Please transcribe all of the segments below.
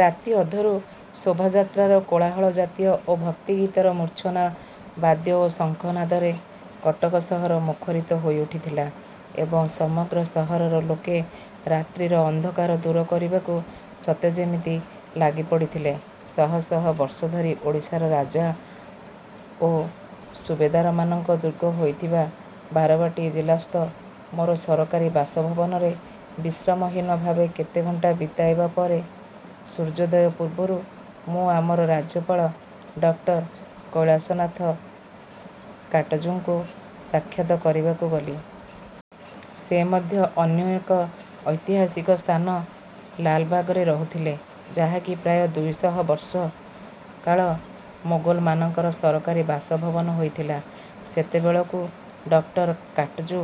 ରାତିଅଧରୁ ଶୋଭାଯାତ୍ରାର କୋଳାହଳ ଜାତୀୟ ଓ ଭକ୍ତିଗୀତର ମୂର୍ଚ୍ଛନା ବାଦ୍ୟ ଓ ଶଙ୍ଖ ନାଦରେ କଟକ ସହର ମୁଖରିତ ହୋଇ ଉଠିଥିଲା ଏବଂ ସମଗ୍ର ସହରର ଲୋକେ ରାତ୍ରିର ଅନ୍ଧକାର ଦୂର କରିବାକୁ ସତେ ଯେପରି ଲାଗି ପଡ଼ିଥିଲେ। ଶହ ଶହ ବର୍ଷ ଧରି ଓଡ଼ିଶାର ରାଜା ଓ ସୁବେଦାରମାନଙ୍କ ଦୁର୍ଗ ହୋଇଥିବା ବାରବାଟୀ ଜିଲ୍ଲାସ୍ଥ ମୋର ସରକାରୀ ବାସଭବନରେ ବିଶ୍ରାମହୀନ ଭାବେ କେତେ ଘଣ୍ଟା ବିତାଇବା ପରେ ସୂର୍ଯ୍ୟୋଦୟ ପୂର୍ବରୁ ମୁଁ ଆମର ରାଜ୍ୟପାଳ ଡକ୍ଟର କୈଳାସନାଥ କାଟଜୁଙ୍କୁ ସାକ୍ଷାତ୍ କରିବାକୁ ଗଲି। ସେ ମଧ୍ୟ ଅନ୍ୟ ଏକ ଐତିହାସିକ ସ୍ଥାନ ''ଲାଲବାଗ''ରେ ରହୁଥିଲେ, ଯାହାକି ପ୍ରାୟ ଦୁଇଶହ ବର୍ଷ କାଳ ମୋଗଲମାନଙ୍କର ସରକାରୀ ବାସଭବନ ହୋଇଥିଲା। ସେତେବେଳକୁ ଡକ୍ଟର କାଟଜୁ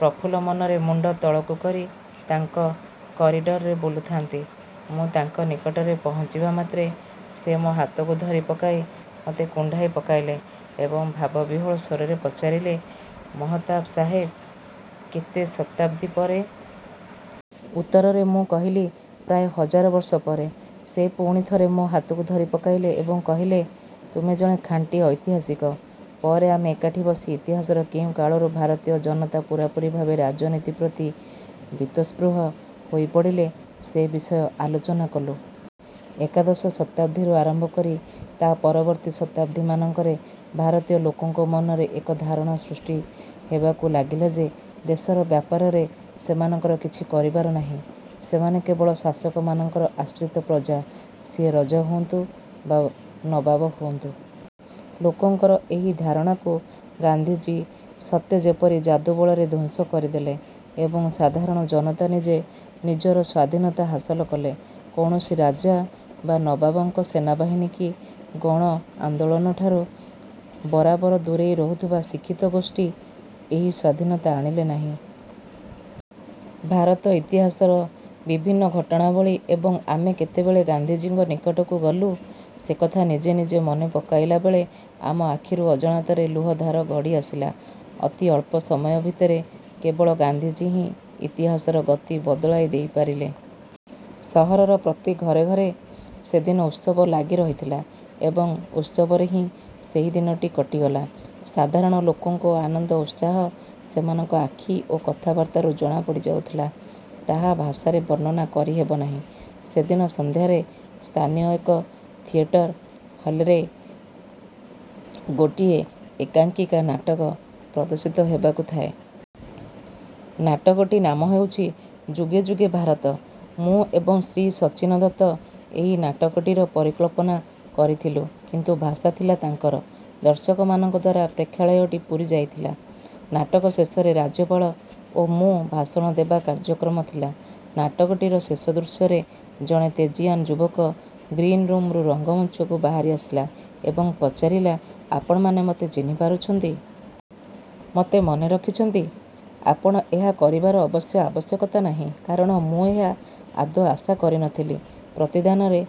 ପ୍ରଫୁଲ୍ଲମନରେ ମୁଣ୍ଡ ତଳକୁକରି ତାଙ୍କ 'କରିଡ଼ର'ରେ ବୁଲୁଥାନ୍ତି। ମୁଁ ତାଙ୍କ ନିକଟରେ ପହଞ୍ଚିବାମାତ୍ରେ ସେ ମୋ' ହାତକୁ ଧରି ପକାଇ ମୋତେ କୁଣ୍ଢାଇ ପକାଇଲେ ଏବଂ ଭାବବିହ୍ୱଳ ସ୍ୱରରେ ପଚାରିଲେ, 'ମହତାବ ସାହେବ, କେତେ ଶତାବ୍ଦୀ ପରେ? ଉତ୍ତରରେ ମୁଁ କହିଲି, ''ପ୍ରାୟ ହଜାର ବର୍ଷ ପରେ'। ସେ ପୁଣି ଥରେ ମୋ' ହାତକୁ ଧରି ପକାଇଲେ ଏବଂ କହିଲେ, 'ତୁମେ ଜଣେ ଖାଣ୍ଟି ଐତିହାସିକ'। ପରେ ଆମେ ଏକାଠି ବସି ଇତିହାସର କେଉଁକାଳରୁ ଭାରତୀୟ ଜନତା ପୂରାପୂରି ଭାବେ ରାଜନୀତି ପ୍ରତି ବୀତସ୍ପୃହ ହୋଇପଡ଼ିଲେ, ସେ ବିଷୟ ଆଲୋଚନା କଲୁ। ଏକାଦଶ ଶତାବ୍ଦୀରୁ ଆରମ୍ଭ କରି ତା' ପରବର୍ତ୍ତୀ ଶତାବ୍ଦୀମାନଙ୍କରେ ଭାରତୀୟ ଲୋକଙ୍କ ମନରେ ଏକ ଧାରଣା ସୃଷ୍ଟି ହେବାକୁ ଲାଗିଲା ଯେ ଦେଶର ବ୍ୟାପାରରେ ସେମାନଙ୍କର କିଛି କରିବାର ନାହିଁ। ସେମାନେ କେବଳ ଶାସକମାନଙ୍କର ଆଶ୍ରିତ ପ୍ରଜା, ସିଏ ରଜା ହୁଅନ୍ତୁ ବା ନବାବ ହୁଅନ୍ତୁ। ଲୋକଙ୍କର ଏହି ଧାରଣାକୁ ଗାନ୍ଧିଜୀ ସତେ ଯେପରି ଯାଦୁବଳରେ ଧ୍ୱଂସ କରିଦେଲେ ଏବଂ ସାଧାରଣ ଜନତା ନିଜେ ନିଜର ସ୍ୱାଧୀନତା ହାସଲ କଲେ। କୌଣସି ରାଜା ବା ନବାବଙ୍କ ସେନାବାହିନୀ କି ଗଣ ଆନ୍ଦୋଳନଠାରୁ ବରାବର ଦୂରେଇ ରହୁଥିବା ଶିକ୍ଷିତଗୋଷ୍ଠୀ ଏହି ସ୍ୱାଧୀନତା ଆଣିଲେ ନାହିଁ। ଭାରତ ଇତିହାସର ବିଭିନ୍ନ ଘଟଣାବଳୀ ଏବଂ ଆମେ କେତେବେଳେ ଗାନ୍ଧିଜୀଙ୍କ ନିକଟକୁ ଗଲୁ, ସେକଥା ନିଜେ ନିଜେ ମନେ ପକାଇଲାବେଳେ ଆମ ଆଖିରୁ ଅଜାଣତରେ ଲୁହ ଧାର ଗଡ଼ି ଆସିଲା। ଅତି ଅଳ୍ପ ସମୟ ଭିତରେ କେବଳ ଗାନ୍ଧିଜୀ ହିଁ ଇତିହାସର ଗତି ବଦଳାଇ ଦେଇ ପାରିଲେ। ସହରର ପ୍ରତି ଘରେ ଘରେ ସେଦିନ ଉତ୍ସବ ଲାଗି ରହିଥିଲା ଏବଂ ଉତ୍ସବରେ ହିଁ ସେହି ଦିନଟି କଟିଗଲା। ସାଧାରଣ ଲୋକଙ୍କ ଆନନ୍ଦ ଉତ୍ସାହ ସେମାନଙ୍କ ଆଖି ଓ କଥାବାର୍ତ୍ତାରୁ ଜଣାପଡ଼ିଯାଉଥିଲା। ତାହା ଭାଷାରେ ବର୍ଣ୍ଣନା କରି ହେବନାହିଁ। ସେଦିନ ସନ୍ଧ୍ୟାରେ ସ୍ଥାନୀୟ ଏକ ଥିଏଟର୍ ହଲ୍ରେ ଗୋଟିଏ ଏକାଙ୍କିକା ନାଟକ ପ୍ରଦର୍ଶିତ ହେବାକୁ ଥାଏ। ନାଟକଟି ନାମ ହେଉଛି- ''ଯୁଗେ ଯୁଗେ ଭାରତ''। ମୁଁ ଏବଂ ଶ୍ରୀ ସଚ୍ଚିନ ଦତ୍ତ ଏହି ନାଟକଟିର ପରିକଳ୍ପନା କରିଥିଲୁ; କିନ୍ତୁ ଭାଷା ଥିଲା ତାଙ୍କର। ଦର୍ଶକମାନଙ୍କଦ୍ୱାରା ପ୍ରେକ୍ଷାଳୟଟି ପୁରିଯାଇ ଥିଲା। ନାଟକ ଶେଷରେ ରାଜ୍ୟପାଳ ଓ ମୁଁ ଭାଷଣ ଦେବା କାର୍ଯ୍ୟକ୍ରମ ଥିଲା। ନାଟକଟିର ଶେଷ ଦୃଶ୍ୟରେ ଜଣେ ତେଜୀୟାନ୍ ଯୁବକ ଗ୍ରୀନ୍ ରୁମରୁ ରଙ୍ଗମଞ୍ଚକୁ ବାହାରି ଆସିଲା ଏବଂ ପଚାରିଲା- ଆପଣମାନେ ମତେ ଚିହ୍ନି ପାରୁଛନ୍ତି? ମତେ ମନେ ରଖିଛନ୍ତି? ଆପଣ ଏହା କରିବାର ଅବଶ୍ୟ ଆବଶ୍ୟକତା ନାହିଁ; କାରଣ ମୁଁ ଏହା ଆଦୌ ଆଶା କରିନଥିଲି। ପ୍ରତିଦାନରେ